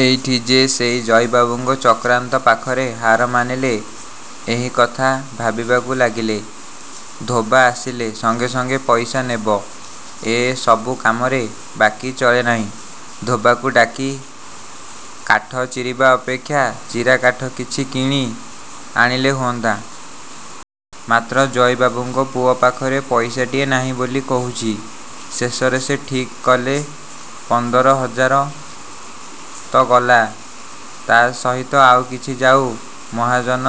ଏଇଠି ଯେ ସେ ଜଇବାବୁଙ୍କ ଚକ୍ରାନ୍ତ ପାଖରେ ହାର ମାନିଲେ ଏହି କଥା ଭାବିବାକୁ ଲାଗିଲେ-। ଧୋବା ଆସିଲେ ସଙ୍ଗେ ସଙ୍ଗେ ପଇସା ନେବ। ଏ ସବୁ କାମରେ ବାକି ଚଳେନାହିଁ। ଧୋବାକୁ ଡାକି କାଠ ଚିରିବା ଅପେକ୍ଷା ଚିରା କାଠ କିଛି କିଣି ଆଣିଲେ ହୁଅନ୍ତା। ମାତ୍ର ଜଇବାବୁଙ୍କ ପୁଅ ପାଖରେ ପଇସାଟିଏ ନାହିଁ ବୋଲି କହୁଛି। ଶେଷରେ ସେ ଠିକ୍ କଲେ ପନ୍ଦର ହଜାର ତ ଗଲା-। ତା ସହିତ ଆଉ କିଛି ଯାଉ। ମହାଜନ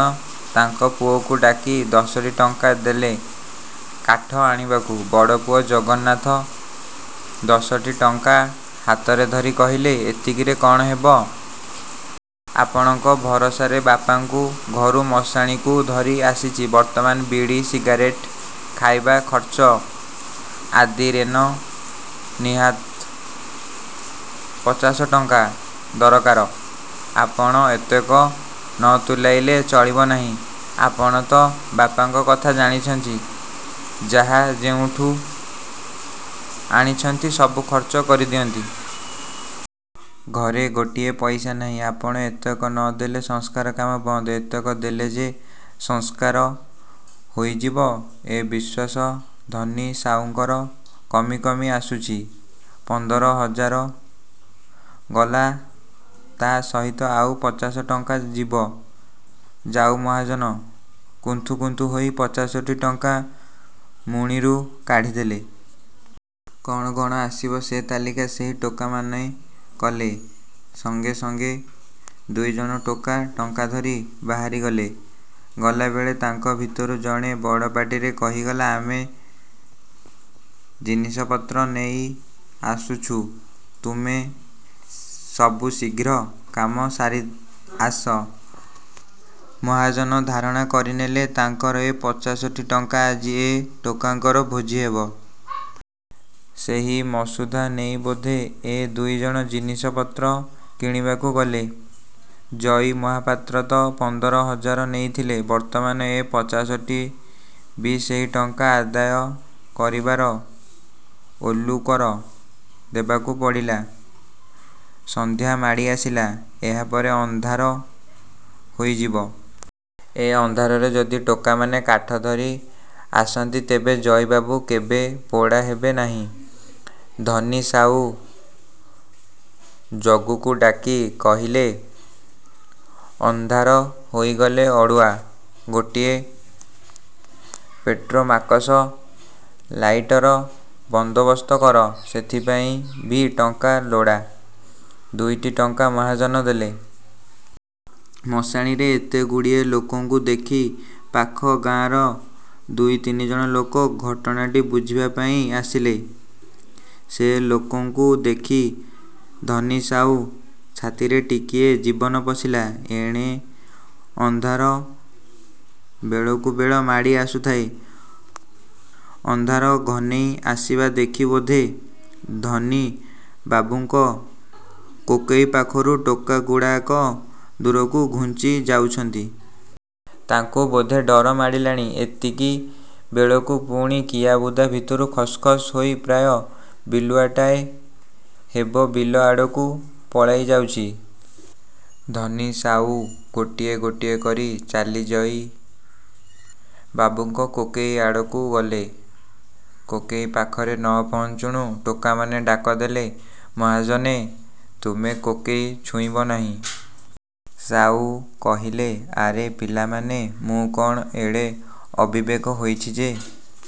ତାଙ୍କ ପୁଅକୁ ଡାକି ଦଶଟି ଟଙ୍କା ଦେଲେ କାଠ ଆଣିବାକୁ-। ବଡ଼ପୁଅ ଜଗନ୍ନାଥ ଦଶଟି ଟଙ୍କା ହାତରେ ଧରି କହିଲେ, ଏତିକିରେ କଣ ହେବ? ଆପଣଙ୍କ ଭରସାରେ ବାପାଙ୍କୁ ଘରୁ ମଶାଣିକୁ ଧରି ଆସିଛି। ବର୍ତ୍ତମାନ ବିଡ଼ି, ସିଗାରେଟ୍, ଖାଇବା ଖର୍ଚ୍ଚ ଆଦିରେନ ନିହାତ୍ ପଚାଶଟଙ୍କା ଦରକାର। ଆପଣ ଏତକ ନ ତୁଲାଇଲେ ଚଳିବ ନାହିଁ। ଆପଣ ତ ବାପାଙ୍କ କଥା ଜାଣିଛନ୍ତି, ଯାହା ଯେଉଁଠୁ ଆଣିଛନ୍ତି ସବୁ ଖର୍ଚ୍ଚ କରି ଦିଅନ୍ତି। ଘରେ ଗୋଟିଏ ପଇସା ନାହିଁ। ଆପଣ ଏତକ ନ ଦେଲେ ସଂସ୍କାର କାମ ବନ୍ଦ। ଏତକ ଦେଲେ ଯେ ସଂସ୍କାର ହୋଇଯିବ ଏ ବିଶ୍ୱାସ ଧନୀ ସାଉଙ୍କର କମି କମି ଆସୁଛି-। ପନ୍ଦର ହଜାର ଗଲା ତା ସହିତ ଆଉ ପଚାଶ ଟଙ୍କା ଯିବ। ଯାଉ-ମହାଜନ, କୁନ୍ଥୁ କୁନ୍ଥୁ ହୋଇ ପଚାଶଟି ଟଙ୍କା ମୁଣିରୁ କାଢ଼ିଦେଲେ। କଣ କଣ ଆସିବ ସେ ତାଲିକା ସେହି ଟୋକାମାନେ କଲେ-। ସଙ୍ଗେ ସଙ୍ଗେ ଦୁଇଜଣ ଟୋକା ଟଙ୍କାଧରି। ବାହାରିଗଲେ। ଗଲାବେଳେ ତାଙ୍କ ଭିତରୁ ଜଣେ ବଡ଼ପାଟିରେ କହିଗଲା ଆମେ ଜିନିଷପତ୍ର ନେଇ ଆସୁଛୁ, ତୁମେ ସବୁ ଶୀଘ୍ର କାମ ସାରି ଆସ। ମହାଜନ ଧାରଣା କରିନେଲେ ତାଙ୍କର ଏ ପଚାଶଟି ଟଙ୍କା ଆଜି ଏ ଟୋକାଙ୍କର ଭୋଜି ହେବ। ସେହି ମସୁଧା ନେଇ ବୋଧେ ଏ ଦୁଇଜଣ ଜିନିଷପତ୍ର କିଣିବାକୁ ଗଲେ। ଜଇ ମହାପାତ୍ର ତ ପନ୍ଦର ହଜାର ନେଇଥିଲେ ବର୍ତ୍ତମାନ ଏ ପଚାଶଟି ବି ସେହି ଟଙ୍କା ଆଦାୟ କରିବାର ଓଲୁ କର ଦେବାକୁ ପଡ଼ିଲା। ସଂଧ୍ୟା ମାଡ଼ି ଆସିଲା। ଏହା ପରେ ଅନ୍ଧାର ହୋଇଯିବ। ଏ ଅନ୍ଧାରରେ ଯଦି ଟୋକାମାନେ କାଠ ଧରି ଆସନ୍ତି ତେବେ ଜଇବାବୁ କେବେ ପୋଡ଼ା ହେବେ ନାହିଁ। ଧନୀ ସାଉ ଜଗୁକୁ ଡାକି କହିଲେ ଅନ୍ଧାର ହୋଇଗଲେ ଅଡ଼ୁଆ, ଗୋଟିଏ ପେଟ୍ରୋମାକସ ଲାଇଟର ବନ୍ଦୋବସ୍ତ କର। ସେଥିପାଇଁ ବି ଟଙ୍କା ଲୋଡ଼ା। ଦୁଇଟି ଟଙ୍କା ମହାଜନ ଦେଲେ। ମଶାଣିରେ ଏତେଗୁଡ଼ିଏ ଲୋକଙ୍କୁ ଦେଖି ପାଖ ଗାଁର ଦୁଇ ତିନିଜଣ ଲୋକ ଘଟଣାଟି ବୁଝିବା ପାଇଁ ଆସିଲେ-। ସେ ଲୋକଙ୍କୁ ଦେଖି ଧନୀ ସାଉ ଛାତିରେ ଟିକିଏ ଜୀବନ ପଶିଲା। ଏଣେ ଅନ୍ଧାର ବେଳକୁ ବେଳ ମାଡ଼ି ଆସୁଥାଏ। ଅନ୍ଧାର ଘନେଇ ଆସିବା ଦେଖି ବୋଧେ ଧନି ବାବୁଙ୍କ କୋକେଇ ପାଖରୁ ଟୋକାଗୁଡ଼ାକ ଦୂରକୁ ଘୁଞ୍ଚି ଯାଉଛନ୍ତି। ତାଙ୍କୁ ବୋଧେ ଡର ମାଡ଼ିଲାଣି। ଏତିକି ବେଳକୁ ପୁଣି କିଆବୁଦା ଭିତରୁ ଖସ୍ ଖସ୍ ହୋଇ ପ୍ରାୟ ବିଲୁଆଟାଏ ହେବ ବିଲ ଆଡ଼କୁ ପଳାଇ ଯାଉଛି। ଧନି ସାଉ ଗୋଟିଏ ଗୋଟିଏ କରି ଚାଲି ଜଇ ବାବୁଙ୍କ କୋକେଇ ଆଡ଼କୁ ଗଲେ। କୋକେଇ ପାଖରେ ନ ପହଞ୍ଚୁଣୁ ଟୋକାମାନେ ଡାକଦେଲେ, ମହାଜନେ ତୁମେ କୋକେଇ ଛୁଇଁବ ନାହିଁ। ସାଉ କହିଲେ, ଆରେ ପିଲାମାନେ ମୁଁ କଣ ଏଡ଼େ ଅବିବେକ ହୋଇଛି ଯେ